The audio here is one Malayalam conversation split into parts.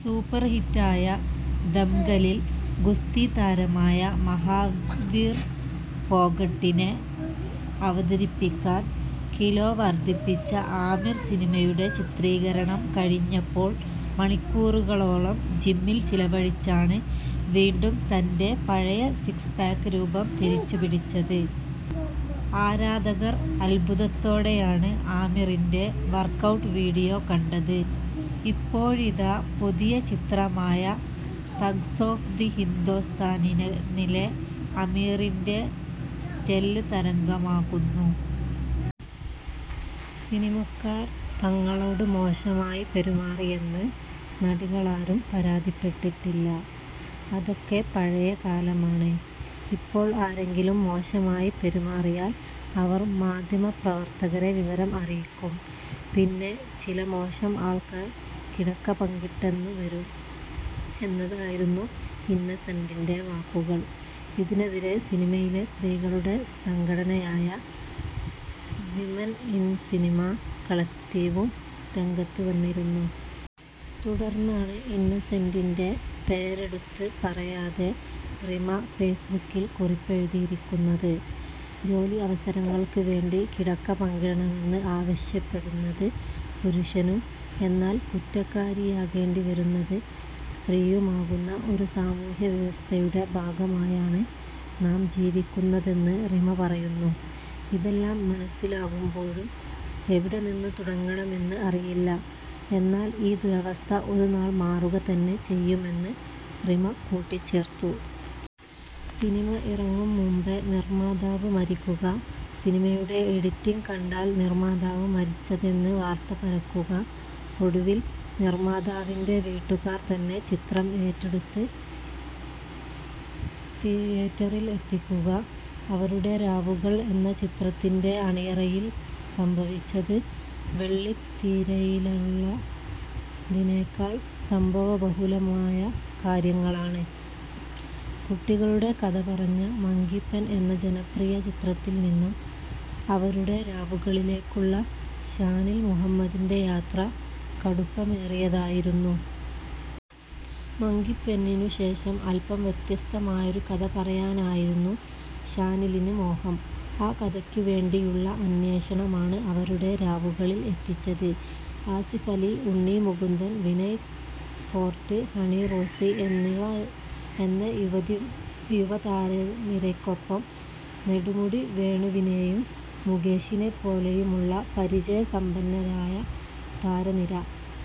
സൂപ്പര് ഹിറ്റായ ദംഗലില് ഗുസ്തിതാരമായ മഹാവീര് ഫോഗട്ടിനെ അവതരിപ്പിക്കാന് കിലോ വര്ധിപ്പിച്ച ആമിര് സിനിമയുടെ ചിത്രീകരണം കഴിഞ്ഞപ്പോള് മണിക്കൂറുകളോളം ജിമ്മില് ചിലവഴിച്ചാണ് വീണ്ടും തന്റെ പഴയ സിക്സ് പാക്ക് രൂപം തിരിച്ചുപിടിച്ചത്. ആരാധകര് അത്ഭുതത്തോടെയാണ് ആമിറിന്റെ വര്ക്കൗട്ട് വീഡിയോ കണ്ടത്. ഇപ്പോഴിതാ പുതിയ ചിത്രമായ തഗ്സ് ഓഫ് ഹിന്ദോസ്ഥാനിലെ ആമീറിന്റെ സ്റ്റൈല് തരംഗമാകുന്നു. സിനിമാക്കാര് തങ്ങളോട് മോശമായി പെരുമാറിയെന്ന് നടികളാരും പരാതിപ്പെട്ടിട്ടില്ല. അതൊക്കെ പഴയ കാലമാണ്. ഇപ്പോള് ആരെങ്കിലും മോശമായി പെരുമാറിയാല് അവര് മാധ്യമ പ്രവര്ത്തകരെ വിവരം അറിയിക്കും. പിന്നെ ചില മോശം ആള്ക്കാര് കിടക്ക പങ്കിട്ടെന്നു വരും എന്നതായിരുന്നു ഇന്നസെന്റിന്റെ വാക്കുകള്. ഇതിനെതിരെ സിനിമയിലെ സ്ത്രീകളുടെ സംഘടനയായ വിമെന് ഇന് സിനിമ കളക്ടീവും രംഗത്ത് വന്നിരുന്നു. തുടര്ന്നാണ് ഇന്നസെന്റിന്റെ പേരെടുത്ത് പറയാതെ റിമ ഫെയ്സ്ബുക്കില് കുറിപ്പെഴുതിയിരിക്കുന്നത്. ജോലി അവസരങ്ങള്ക്ക് വേണ്ടി കിടക്ക പങ്കിടണമെന്ന് ആവശ്യപ്പെടുന്നത് പുരുഷനും എന്നാല് കുറ്റക്കാരിയാകേണ്ടി വരുന്നത് സ്ത്രീയുമാകുന്ന ഒരു സമൂഹ്യ വ്യവസ്ഥയുടെ ഭാഗമായാണ് നാം ജീവിക്കുന്നതെന്ന് റിമ പറയുന്നു. ഇതെല്ലാം മനസ്സിലാകുമ്പോഴും എവിടെ നിന്ന് തുടങ്ങണമെന്ന് അറിയില്ല. എന്നാല് ഈ ദുരവസ്ഥ ഒരു നാള് മാറുക തന്നെ ചെയ്യുമെന്ന് റിമ കൂട്ടിച്ചേര്ത്തു. സിനിമ ഇറങ്ങും മുൻപേ നിർമാതാവ് മരിക്കുക. സിനിമയുടെ എഡിറ്റിങ് കണ്ടാണ് നിർമാതാവ് മരിച്ചതെന്ന് വാർത്ത പരക്കുക. ഒടുവിൽ നിർമാതാവിന്റെ വീട്ടുകാർ തന്നെ ചിത്രം ഏറ്റെടുത്ത് തിയേറ്ററിൽ എത്തിക്കുക. അവരുടെ രാവുകൾ എന്ന ചിത്രത്തിന്റെ അണിയറയിൽ സംഭവിച്ചത് വെള്ളിത്തിരയിലുള്ളതിനേക്കാൾ സംഭവബഹുലമായ കാര്യങ്ങളാണ്. കുട്ടികളുടെ കഥ പറഞ്ഞ മങ്കിപെൻ എന്ന ജനപ്രിയ ചിത്രത്തിൽ നിന്നും അവരുടെ രാവുകളിലേയ്ക്കുള്ള ഷാനിൽ മുഹമ്മദിന്റെ യാത്ര കടുപ്പമേറിയതായിരുന്നു. മങ്കിപെന്നിനുശേഷം അല്പം വ്യത്യസ്തമായൊരു കഥ പറയാനായിരുന്നു ഷാനിലിന് മോഹം. ആ കഥയ്ക്കു വേണ്ടിയുള്ള അന്വേഷണമാണ് അവരുടെ രാവുകളില് എത്തിച്ചത്. ആസിഫ് അലി, ഉണ്ണി മുകുന്ദന്, വിനയ് ഫോര്ട്ട്, ഹണി റോസ് എന്ന യുവതാരനിരയ്ക്കൊപ്പം നെടുമുടി വേണുവിനെയും മുകേഷിനെപ്പോലെയുമുള്ള പരിചയ സമ്പന്നരായ താരനിര.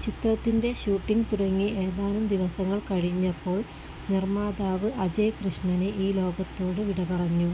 ചിത്രത്തിന്റെ ഷൂട്ടിങ് തുടങ്ങി ഏതാനും ദിവസങ്ങള് കഴിഞ്ഞപ്പോള് നിര്മാതാവ് അജയ് കൃഷ്ണന് ഈ ലോകത്തോട് വിടപറഞ്ഞു.